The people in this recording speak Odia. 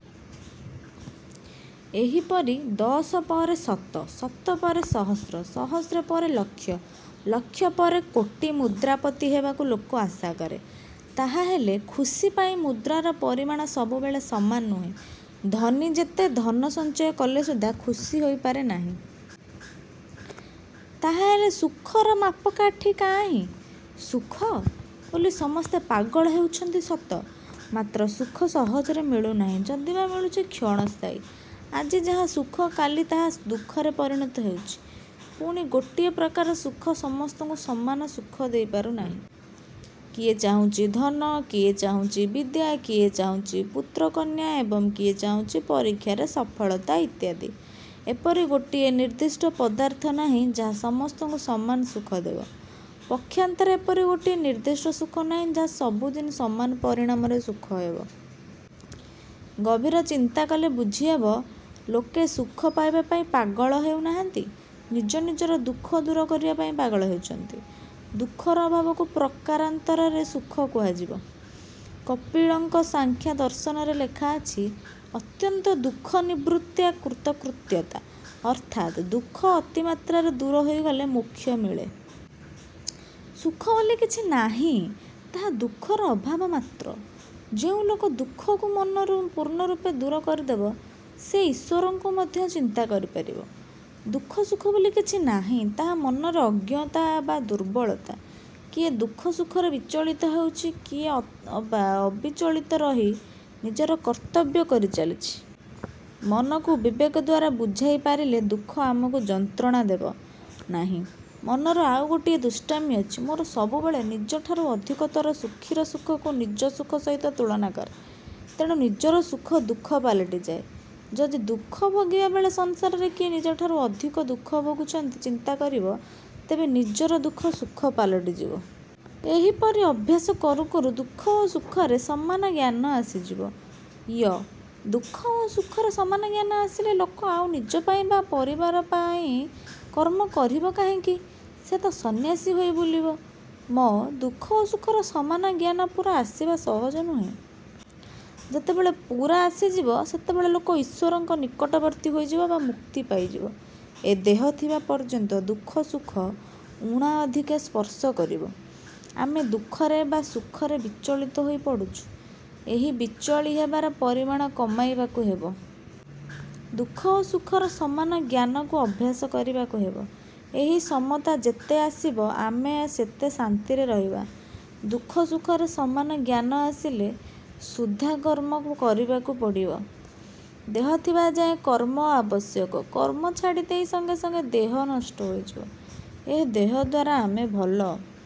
ଏହିପରି ଦଶ ପରେ ଶତ, ଶତ ପରେ ସହସ୍ର, ସହସ୍ର ପରେ ଲକ୍ଷ, ଲକ୍ଷ ପରେ କୋଟି ମୁଦ୍ରାପତି ହେବାକୁ ଲୋକ ଆଶା କରେ। ତାହାହେଲେ ଖୁସି ପାଇଁ ମୁଦ୍ରାର ପରିମାଣ ସବୁବେଳେ ସମାନ ନୁହେଁ। ଧନୀ ଯେତେ ଧନ ସଞ୍ଚୟ କଲେ ସୁଦ୍ଧା ଖୁସି ହୋଇପାରେ ନାହିଁ। ତାହାହେଲେ। ସୁଖର ମାପକାଠି କାହିଁ? ସୁଖ। ବୋଲି ସମସ୍ତେ ପାଗଳ ହେଉଛନ୍ତି ସତ ମାତ୍ର ସୁଖ ସହଜରେ ମିଳୁନାହିଁ। ଯଦିବା ମିଳୁଛି, କ୍ଷଣସ୍ଥାୟୀ। ଆଜି ଯାହା ସୁଖ କାଲି ତାହା ଦୁଃଖରେ ପରିଣତ ହେଉଛି। ପୁଣି ଗୋଟିଏ ପ୍ରକାର ସୁଖ ସମସ୍ତଙ୍କୁ ସମାନ ସୁଖ ଦେଇପାରୁ ନାହିଁ-। କିଏ ଚାହୁଁଛି ଧନ, କିଏ ଚାହୁଁଛି ବିଦ୍ୟା, କିଏ ଚାହୁଁଛି ପୁତ୍ରକନ୍ୟା ଏବଂ କିଏ ଚାହୁଁଛି ପରୀକ୍ଷାରେ ସଫଳତା ଇତ୍ୟାଦି। ଏପରି ଗୋଟିଏ ନିର୍ଦ୍ଦିଷ୍ଟ ପଦାର୍ଥ ନାହିଁ, ଯାହା ସମସ୍ତଙ୍କୁ ସମାନ ସୁଖ ଦେବ। ପକ୍ଷାନ୍ତରେ ଏପରି ଗୋଟିଏ ନିର୍ଦ୍ଦିଷ୍ଟ ସୁଖ ନାହିଁ ଯାହା ସବୁଦିନେ ସମାନ ପରିଣାମରେ ସୁଖ ହେବ-। ଗଭୀର ଚିନ୍ତା କଲେ ବୁଝିହେବ, ଲୋକେ ସୁଖ ପାଇବା ପାଇଁ ପାଗଳ ହେଉ ନାହାନ୍ତି; ନିଜ ନିଜର ଦୁଃଖ ଦୂର କରିବା ପାଇଁ ପାଗଳ ହେଉଛନ୍ତି। ଦୁଃଖର ଅଭାବକୁ ପ୍ରକାରାନ୍ତରେ ସୁଖ କୁହାଯିବ। କପିଳଙ୍କ ସାଂଖ୍ୟ ଦର୍ଶନରେ ଲେଖାଅଛି, ଅତ୍ୟନ୍ତ ଦୁଃଖନିବୃତ୍ତ୍ୟା କୃତକୃତ୍ୟତା। ଅର୍ଥାତ୍ ଦୁଃଖ ଅତିମାତ୍ରାରେ ଦୂର ହୋଇଗଲେ ମୋକ୍ଷ ମିଳେ। "ସୁଖ ବୋଲି କିଛି ନାହିଁ, ତାହା ଦୁଃଖର ଅଭାବ ମାତ୍ର। " ଯେଉଁ ଲୋକ ଦୁଃଖକୁ ମନରୁ ପୂର୍ଣ୍ଣରୂପେ ଦୂର କରିଦେବ, ସେ ଈଶ୍ଵରଙ୍କୁ ମଧ୍ୟ ଚିନ୍ତା କରିପାରିବ। ଦୁଃଖ ସୁଖ ବୋଲି କିଛି ନାହିଁ, ତାହା ମନରେ ଅଜ୍ଞତା ବା ଦୁର୍ବଳତା। କିଏ ଦୁଃଖ ସୁଖରେ ବିଚଳିତ ହେଉଛି, କିଏ ଅବା ଅବିଚଳିତ ରହି ନିଜର କର୍ତ୍ତବ୍ୟ କରି ଚାଲିଛି। ମନକୁ ବିବେକ ଦ୍ଵାରା ବୁଝାଇ ପାରିଲେ ଦୁଃଖ ଆମକୁ ଯନ୍ତ୍ରଣା ଦେବ ନାହିଁ। ମନର ଆଉ ଗୋଟିଏ ଦୁଷ୍ଟାମି ଅଛି। ମୋର ସବୁବେଳେ ନିଜଠାରୁ ଅଧିକତର ସୁଖୀର ସୁଖକୁ ନିଜ ସୁଖ ସହିତ ତୁଳନା କରେ। ତେଣୁ ନିଜର ସୁଖ ଦୁଃଖ ପାଲଟିଯାଏ। ଯଦି ଦୁଃଖ ଭୋଗିବାବେଳେ ସଂସାରରେ କିଏ ନିଜଠାରୁ ଅଧିକ ଦୁଃଖ ଭୋଗୁଛନ୍ତି, ଚିନ୍ତା କରିବ; ତେବେ ନିଜର ଦୁଃଖ ସୁଖ ପାଲଟିଯିବ। ଏହିପରି ଅଭ୍ୟାସ କରୁ କରୁ ଦୁଃଖ ଓ ସୁଖରେ ସମାନ ଜ୍ଞାନ ଆସିଯିବ। ୟ-ଦୁଃଖ ଓ ସୁଖରେ ସମାନ ଜ୍ଞାନ ଆସିଲେ ଲୋକ ଆଉ ନିଜ ପାଇଁ ବା ପରିବାର ପାଇଁ କର୍ମ କରିବ କାହିଁକି? ସେ ତ ସନ୍ନ୍ୟାସୀ ହୋଇ ବୁଲିବ। ମ-ଦୁଃଖ ଓ ସୁଖରେ ସମାନ ଜ୍ଞାନ ପୂରା ଆସିବା ସହଜ ନୁହେଁ। ଯେତେବେଳେ ପୂରା ଆସିଯିବ, ସେତେବେଳେ ଲୋକ ଈଶ୍ଵରଙ୍କ ନିକଟବର୍ତ୍ତୀ ହୋଇଯିବ ବା ମୁକ୍ତି ପାଇଯିବ। ଏ ଦେହ ଥିବା ପର୍ଯ୍ୟନ୍ତ ଦୁଃଖ ସୁଖ ଊଣାଅଧିକେ ସ୍ପର୍ଶ କରିବ। ଆମେ ଦୁଃଖରେ ବା ସୁଖରେ ବିଚଳିତ ହୋଇ ପଡ଼ୁଛୁଁ। ଏହି ବିଚଳି ହେବାର ପରିମାଣ କମାଇବାକୁ ହେବ। ଦୁଃଖ ଓ ସୁଖର ସମାନ ଜ୍ଞାନକୁ ଅଭ୍ୟାସ କରିବାକୁ ହେବ। ଏହି ସମତା ଯେତେ ଆସିବ ଆମେ ସେତେ ଶାନ୍ତିରେ ରହିବା। ଦୁଃଖ ସୁଖରେ ସମାନ ଜ୍ଞାନ ଆସିଲେ ସୁଦ୍ଧା କର୍ମ କରିବାକୁ ପଡ଼ିବ। ଦେହ ଥିବା ଯାଏ କର୍ମ ଆବଶ୍ୟକ। କର୍ମ ଛାଡ଼ି ଦେଇ ସଙ୍ଗେ ସଙ୍ଗେ ଦେହ ନଷ୍ଟ ହୋଇଯିବ। ଏହି ଦେହଦ୍ୱାରା ଆମେ ଭଲ